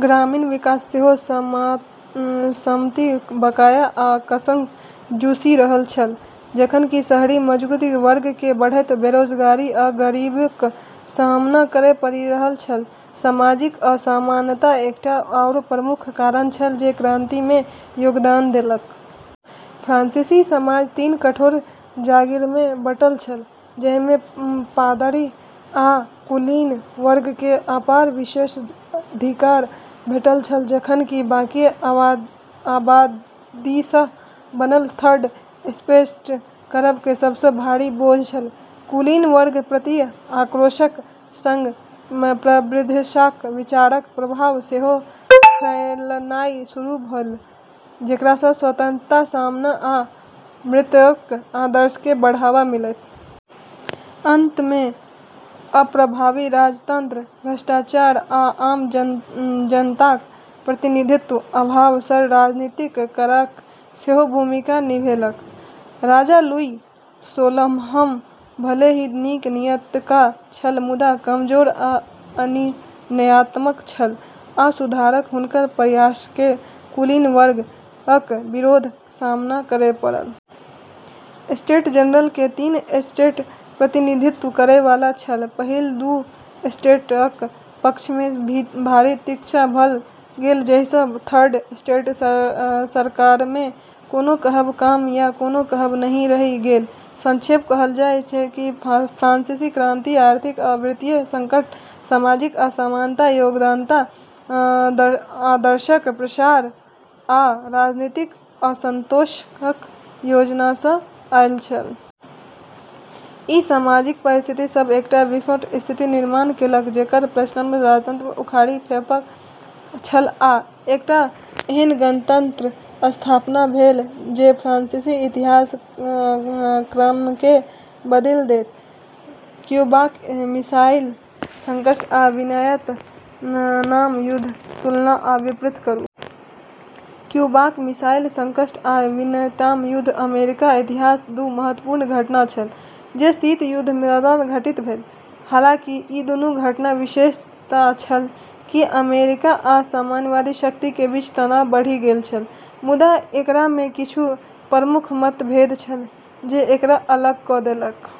ग्रामीण किसान सेहो सामंती बकाया आ करसँ जूझि रहल छल, जखन कि शहरी मजदूर वर्गकेँ बढ़ैत बेरोजगारी आ गरीबीक सामना करै पड़ि रहल छल। सामाजिक असमानता एकटा आओर प्रमुख कारक छल जे क्रांतिमे योगदान देलक। फ्रांसीसी समाज तीन कठोर जागीरमे बँटल छल, जाहिमे पादरी आ कुलीन वर्गकेँ अपार विशेषाधिकार भेटल छल जखन कि बाकी आबादीसँ बनल थर्ड एस्टेटपर करक सबसँ भारी बोझ छल। कुलीन वर्गक प्रति आक्रोशक संग-संग प्रबुद्धताक विचाररक प्रभाव सेहो फैलनाइ शुरू भेलै, जेकरासँ स्वतंत्रता, समानता, आ भ्रातृत्वक आदर्शकेँ बढ़ावा मिललै। अंतमे अप्रभावी राजतंत्र, भ्रष्टाचार, आ आम जनताक प्रतिनिधित्वक अभाव सन राजनीतिक कारक सेहो भूमिका निभेलक। राजा लुई सोलहम भले ही नीक नीयतका छल, मुदा कमजोर आ अनिर्णयात्मक छल, आ सुधारक हुनकर प्रयासकेँ कुलीन वर्गक विरोधक सामना करै पड़ल। एस्टेट्स जनरल जे तीनू एस्टेटक प्रतिनिधित्व करै वाला छल, पहिल दू एस्टेटक पक्षमे भारी तिरछा भऽ गेल, जाहिसँ थर्ड एस्टेटक सरकारमे कोनो कहब कम या कोनो कहब नहि रहि गेल। संक्षेपमे कहल जाय तँ फ्रांसीसी क्रांति आर्थिक आ वित्तीय संकट, सामाजिक असमानता, ज्ञानोदयक आदर्शक प्रसार आ राजनीतिक असंतोषक संयोजनसँ आयल छल। ई सामाजिक परिस्थिति सभ एकटा विस्फोटक स्थितिक निर्माण केलक जेकर पराकाष्ठा राजतंत्रकेँ उखाड़ि फेंकब छल आ एकटा एहन गणतंत्रक स्थापना भेल जे फ्रांसीसी इतिहासक क्रमकेँ बदलि देत। क्यूबाक मिसाइल संकट आ वियतनाम युद्धक तुलना आ विपरीत करू। क्यूबाक मिसाइल संकट आ वियतनाम युद्ध अमेरिकी इतिहासक दू महत्वपूर्ण घटना छल जे शीत युद्धक दौरान घटित भेलै। हालांकि ई दूनू घटनाक विशेषता छल कि अमेरिका आ साम्यवादी शक्ति बीच तनाव बढ़ि गेल छल, मुदा एकरामे किछु प्रमुख मतभेद छल जे एकरा अलग कऽ देलकै।